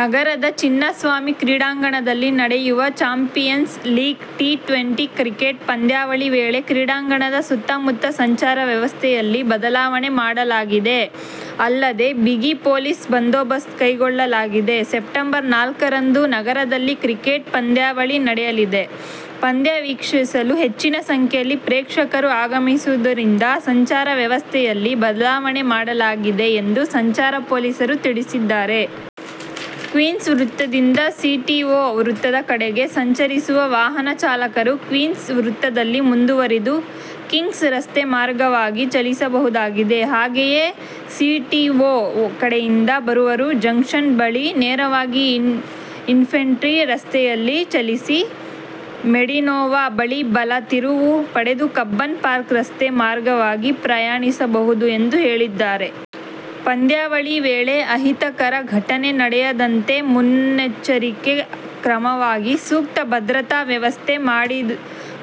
ನಗರದ ಚಿನ್ನಸ್ವಾಮಿ ಕ್ರೀಡಾಂಗಣದಲ್ಲಿ ನಡೆಯುವ 'ಚಾಂಪಿಯನ್ಸ್ ಲೀಗ್ ಟಿ-ಟ್ವೆಂಟಿ' ಕ್ರಿಕೆಟ್ ಪಂದ್ಯಾವಳಿ ವೇಳೆ ಕ್ರೀಡಾಂಗಣದ ಸುತ್ತಮುತ್ತ ಸಂಚಾರ ವ್ಯವಸ್ಥೆಯಲ್ಲಿ ಬದಲಾವಣೆ ಮಾಡಲಾಗಿದೆ. ಅಲ್ಲದೆ ಬಿಗಿ ಪೊಲೀಸ್ ಬಂದೋಬಸ್ತ್ ಕೈಗೊಳ್ಳಲಾಗಿದೆ. ಸೆಪ್ಟೆಂಬರ್ ನಾಲ್ಕರಂದು ನಗರದಲ್ಲಿ ಕ್ರಿಕೆಟ್ ಪಂದ್ಯಾವಳಿ ನಡೆಯಲಿದೆ. ಪಂದ್ಯ ವೀಕ್ಷಿಸಲು ಹೆಚ್ಚಿನ ಸಂಖ್ಯೆಯಲ್ಲಿ ಪ್ರೇಕ್ಷಕರು ಆಗಮಿಸುವುದರಿಂದ ಸಂಚಾರ ವ್ಯವಸ್ಥೆಯಲ್ಲಿ ಬದಲಾವಣೆ ಮಾಡಲಾಗಿದೆ ಎಂದು ಸಂಚಾರ ಪೊಲೀಸರು ತಿಳಿಸಿದ್ದಾರೆ. ಕ್ವೀನ್ಸ್ ವೃತ್ತದಿಂದ ಸಿಟಿಓ ವೃತ್ತದ ಕಡೆಗೆ ಸಂಚರಿಸುವ ವಾಹನ ಚಾಲಕರು ಕ್ವೀನ್ಸ್ ವೃತ್ತದಲ್ಲಿ ಮುಂದುವರಿದು, ಕಿಂಗ್ಸ್ ರಸ್ತೆ ಮಾರ್ಗವಾಗಿ ಚಲಿಸಬಹುದಾಗಿದೆ. ಹಾಗೆಯೇ ಸಿಟಿಓ ಕಡೆಯಿಂದ ಬರುವವರು ಜಂಕ್ಷನ್ ಬಳಿ ನೇರವಾಗಿ ಇನ್ಫೆಂಟ್ರಿ ರಸ್ತೆಯಲ್ಲಿ ಚಲಿಸಿ, ಮೆಡಿನೋವಾ ಬಳಿ ಬಲ ತಿರುವು ಪಡೆದು ಕಬ್ಬನ್ ಪಾರ್ಕ್ ರಸ್ತೆ ಮಾರ್ಗವಾಗಿ ಪ್ರಯಾಣಿಸಬಹುದು ಎಂದು ಹೇಳಿದ್ದಾರೆ. ಪಂದ್ಯಾವಳಿ ವೇಳೆ ಅಹಿತಕರ ಘಟನೆ ನಡೆಯದಂತೆ ಮುನ್ನೆಚ್ಚರಿಕೆ ಕ್ರಮವಾಗಿ ಸೂಕ್ತ ಭದ್ರತಾ ವ್ಯವಸ್ಥೆ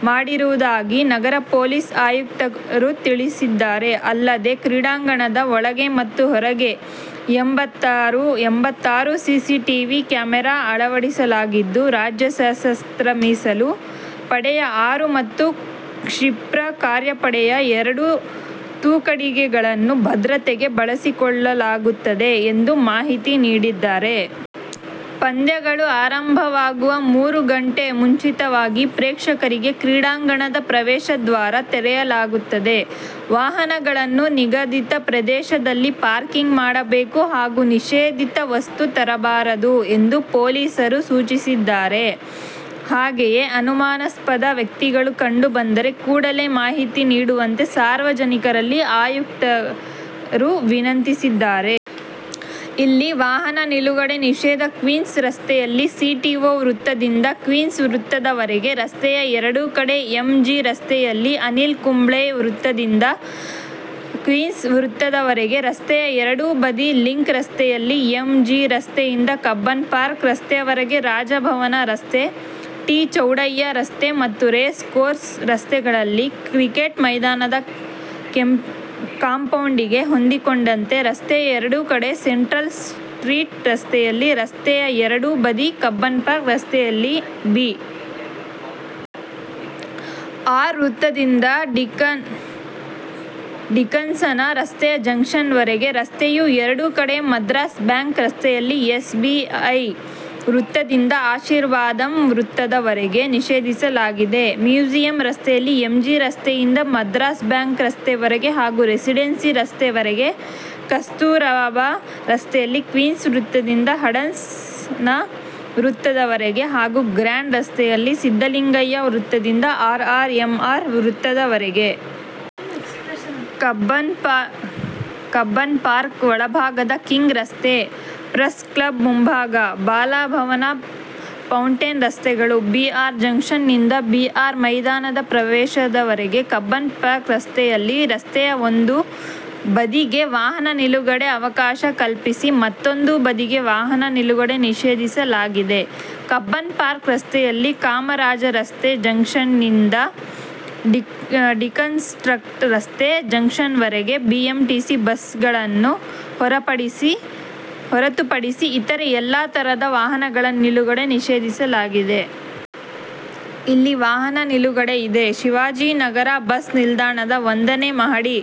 ಮಾಡಿರುವುದಾಗಿ ನಗರ ಪೊಲೀಸ್ ಆಯುಕ್ತರು ತಿಳಿಸಿದ್ದಾರೆ. ಅಲ್ಲದೆ ಕ್ರೀಡಾಂಗಣದ ಒಳಗೆ ಮತ್ತು ಹೊರಗೆ ಎಂಭತ್ತಾರು ಸಿಸಿಟೀವಿ ಕ್ಯಾಮೆರಾ ಅಳವಡಿಸಲಾಗಿದ್ದು, ರಾಜ್ಯ ಸಶಸ್ತ್ರ ಮೀಸಲು ಪಡೆಯ ಆರು ಮತ್ತು ಕ್ಷಿಪ್ರ ಕಾರ್ಯಪಡೆಯ ಎರಡು ತುಕಡಿಗಳನ್ನು ಭದ್ರತೆಗೆ ಬಳಸಿಕೊಳ್ಳಲಾಗುತ್ತದೆ ಎಂದು ಮಾಹಿತಿ ನೀಡಿದ್ದಾರೆ. ಪಂದ್ಯಗಳು ಆರಂಭವಾಗುವ ಮೂರು ಗಂಟೆ ಮುಂಚಿತವಾಗಿ ಪ್ರೇಕ್ಷಕರಿಗೆ ಕ್ರೀಡಾಂಗಣ ಪ್ರವೇಶ ದ್ವಾರ ತೆರೆಯಲಾಗುತ್ತದೆ. ವಾಹನಗಳನ್ನು ನಿಗದಿತ ಪ್ರದೇಶದಲ್ಲಿ ಪಾರ್ಕಿಂಗ್ ಮಾಡಬೇಕು ಹಾಗೂ ನಿಷೇಧಿತ ವಸ್ತು ತರಬಾರದು ಎಂದು ಪೊಲೀಸರು ಸೂಚಿಸಿದ್ದಾರೆ. ಹಾಗೆಯೇ ಅನುಮಾನಾಸ್ಪದ ವ್ಯಕ್ತಿಗಳು ಕಂಡು ಬಂದರೆ ಕೂಡಲೇ ಮಾಹಿತಿ ನೀಡುವಂತೆ ಸಾರ್ವನಿಕರಲ್ಲಿ ಆಯುಕ್ತರು ವಿನಂತಿಸಿದ್ದಾರೆ. ಇಲ್ಲಿ ವಾಹನ ನಿಲುಗಡೆ ನಿಷೇಧ ಕ್ವೀನ್ಸ್ ರಸ್ತೆಯಲ್ಲಿ ಸಿಟಿಓ ವೃತ್ತದಿಂದ ಕ್ವೀನ್ಸ್ ವೃತ್ತದವರೆಗೆ ರಸ್ತೆಯ ಎರಡು ಕಡೆ-ಎಂ. ಜಿ ರಸ್ತೆಯಲ್ಲಿ ಅನಿಲ್ ಕುಂಬ್ಳೆ ವೃತ್ತದಿಂದ ಕ್ವೀನ್ಸ್ ವೃತ್ತದವರೆಗೆ ರಸ್ತೆಯ ಎರಡು ಬದಿ-ಲಿಂಕ್ ರಸ್ತೆಯಲ್ಲಿ ಎಂ. ಜಿ ರಸ್ತೆಯಿಂದ ಕಬ್ಬನ್ ಪಾರ್ಕ್ ರಸ್ತೆವರೆಗೆ-ರಾಜಭವನ ರಸ್ತೆ, ಟಿ. ಚೌಡಯ್ಯ ರಸ್ತೆ ಮತ್ತು ರೇಸ್ ಕೋರ್ಸ್ ರಸ್ತೆಗಳಲ್ಲಿ ಕ್ರಿಕೆಟ್ ಮೈದಾನದ ಕಾಂಪೌಂಡಿಗೆ ಹೊಂದಿಕೊಂಡಂತೆ ರಸ್ತೆಯ ಎರಡು ಕಡೆ-ಸೆಂಟ್ರಲ್ ಸ್ಟ್ರೀಟ್ ರಸ್ತೆಯಲ್ಲಿ ರಸ್ತೆಯ ಎರಡು ಬದಿ ಕಬ್ಬನ್ ಪಾರ್ಕ್ ರಸ್ತೆಯಲ್ಲಿ ಬಿ. ಆರ್. ವೃತ್ತದಿಂದ ಡಿಕನ್ಸನ ರಸ್ತೆ ಜಂಕ್ಷನ್ವರೆಗೆ ರಸ್ತೆಯ ಎರಡೂ ಕಡೆ ಮದ್ರಾಸ್ ಬ್ಯಾಂಕ್ ರಸ್ತೆಯಲ್ಲಿ ಎಸ್. ಬಿ. ಐ ವೃತ್ತದಿಂದ ಆಶೀರ್ವಾದಂ ವೃತ್ತದ ವರೆಗೆ ನಿಷೇಧಿಸಲಾಗಿದೆ. ಮ್ಯೂಸಿಯಂ ರಸ್ತೆಯಲ್ಲಿ ಎಂ. ಜಿ ರಸ್ತೆಯಿಂದ ಮದ್ರಾಸ್ ಬ್ಯಾಂಕ್ ರಸ್ತೆ ವರೆಗೆ ಹಾಗೂ ರೆಸಿಡೆನ್ಸಿ ರಸ್ತೆವರೆಗೆ, ಕಸ್ತೂರಬಾ ರಸ್ತೆಯಲ್ಲಿ ಕ್ವೀನ್ಸ್ ವೃತ್ತದಿಂದ ಹಡ್ಸನ್ ವೃತ್ತದ ವರೆಗೆ ಹಾಗೂ ಗ್ರ್ಯಾಂಡ್ ರಸ್ತೆಯಲ್ಲಿ ಸಿದ್ದಲಿಂಗಯ್ಯ ವೃತ್ತದಿಂದ ಅರ್ ಆರ್ ಎಂ ಆರ್ ವೃತ್ತದವರೆಗೆ. ಕಬ್ಬನ್ಪಾರ್ಕ್ ಒಳಭಾಗದ ಕಿಂಗ್ ರಸ್ತೆ, ಪ್ರಸ್ ಕ್ಲಬ್ ಮುಂಭಾಗ, ಬಾಲಭವನ ಪೌಂಟೇನ್ ರಸ್ತೆಗಳು-ಬಿ. ಆರ್. ಜಂಕ್ಷನ್ನಿಂದ, ಬಿ. ಆರ್. ಮೈದಾನದ ಪ್ರವೇಶವರೆಗೆ ಕಬ್ಬನ್ ಪಾರ್ಕ್ ರಸ್ತೆಯಲ್ಲಿ ರಸ್ತೆಯ ಒಂದು ಬದಿಗೆ ವಾಹನ ನಿಲುಗಡೆಗೆ ಅವಕಾಶ ಕಲ್ಪಿಸಿ ಮತ್ತೂಂದು ಬದಿಗೆ ವಾಹನ ನಿಲುಗಡೆ ನಿಷೇಧಿಸಲಾಗಿದೆ. ಕಬ್ಬನ್ ಪಾರ್ಕ್ ರಸ್ತೆಯಲ್ಲಿ ಕಾಮರಾಜರಸ್ತೆ ಜಂಕ್ಷನ್ನಿಂದ ಡಿಕನ್ಸ್ಟ್ರಕ್ಟ್ ರಸ್ತೆ ಜಂಕ್ಷನ್ವರೆಗೆ ಬಿಎಂಟಿಸಿ ಬಸ್ಗಳನ್ನು ಹೊರತುಪಡಿಸಿ ಇತರೆ ಎಲ್ಲಾ ತರಹದ ವಾಹನಗಳ ನಿಲುಗಡೆ ನಿಷೇಧಿಸಲಾಗಿದೆ. ಇಲ್ಲಿ ವಾಹನ ನಿಲುಗಡೆ ಇದೆ, ಶಿವಾಜಿನಗರ ಬಸ್ ನಿಲ್ದಾಣದ ಒಂದನೇ ಮಹಡಿ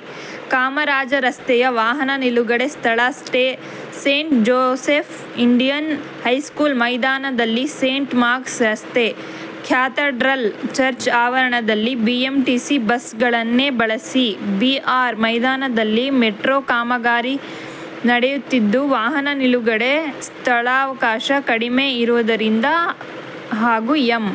ಕಾಮರಾಜರಸ್ತೆಯ ವಾಹನ ನಿಲುಗಡೆ ಸ್ಥಳ ಸೇಂಟ್ ಜೋಸೆಫ್ ಇಂಡಿಯನ್ ಹೈಸ್ಕೂಲ್ ಮೈದಾನದಲ್ಲಿ ಸೇಂಟ್ ಮಾರ್ಕ್ಸ್ ರಸ್ತೆ ಕ್ಯಾಥಡ್ರಲ್ ಚರ್ಚ್ ಆವರಣದಲ್ಲಿ ಬಿಎಂಟಿಸಿ ಬಸ್ಗಳನ್ನೇ ಬಳಸಿ ಬಿ. ಆರ್. ಮೈದಾನದಲ್ಲಿ ಮೆಟ್ರೋ ಕಾಮಗಾರಿ ನಡೆಯುತ್ತಿದ್ದು, ವಾಹನ ನಿಲುಗಡೆಗೆ ಸ್ಥಳಾವಕಾಶ ಕಡಿಮೆ ಇರುವುದರಿಂದ ಹಾಗೂ ಎಂ.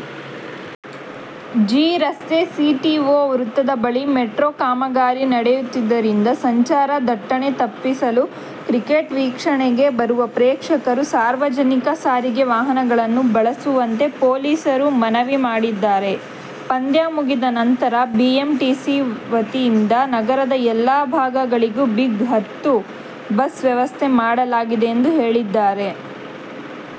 ಜಿ. ರಸ್ತೆ ಸಿಟಿಓ ವೃತ್ತದ ಬಳಿ ಮೆಟ್ರೋ ಕಾಮಗಾರಿ ನಡೆಯುತ್ತಿರುವುದರಿಂದ ಸಂಚಾರ ದಟ್ಟಣೆ ತಪ್ಪಿಸಲು ಕ್ರಿಕೆಟ್ ವೀಕ್ಷಣೆಗೆ ಬರುವ ಪ್ರೇಕ್ಷಕರು ಸಾರ್ವಜನಿಕ ಸಾರಿಗೆ ವಾಹನಗಳನ್ನು ಬಳಸುವಂತೆ ಪೊಲೀಸರು ಮನವಿ ಮಾಡಿದ್ದಾರೆ. ಪಂದ್ಯ ಮುಗಿದ ನಂತರ ಬಿಎಂಟಿಸಿ ವತಿಯಿಂದ ನಗರದ ಎಲ್ಲಾ ಭಾಗಗಳಿಗೂ ಬಿಗ್-ಹತ್ತು ಬಸ್ ವ್ಯವಸ್ಥೆ ಮಾಡಲಾಗಿದೆ ಎಂದು ಹೇಳಿದ್ದಾರೆ.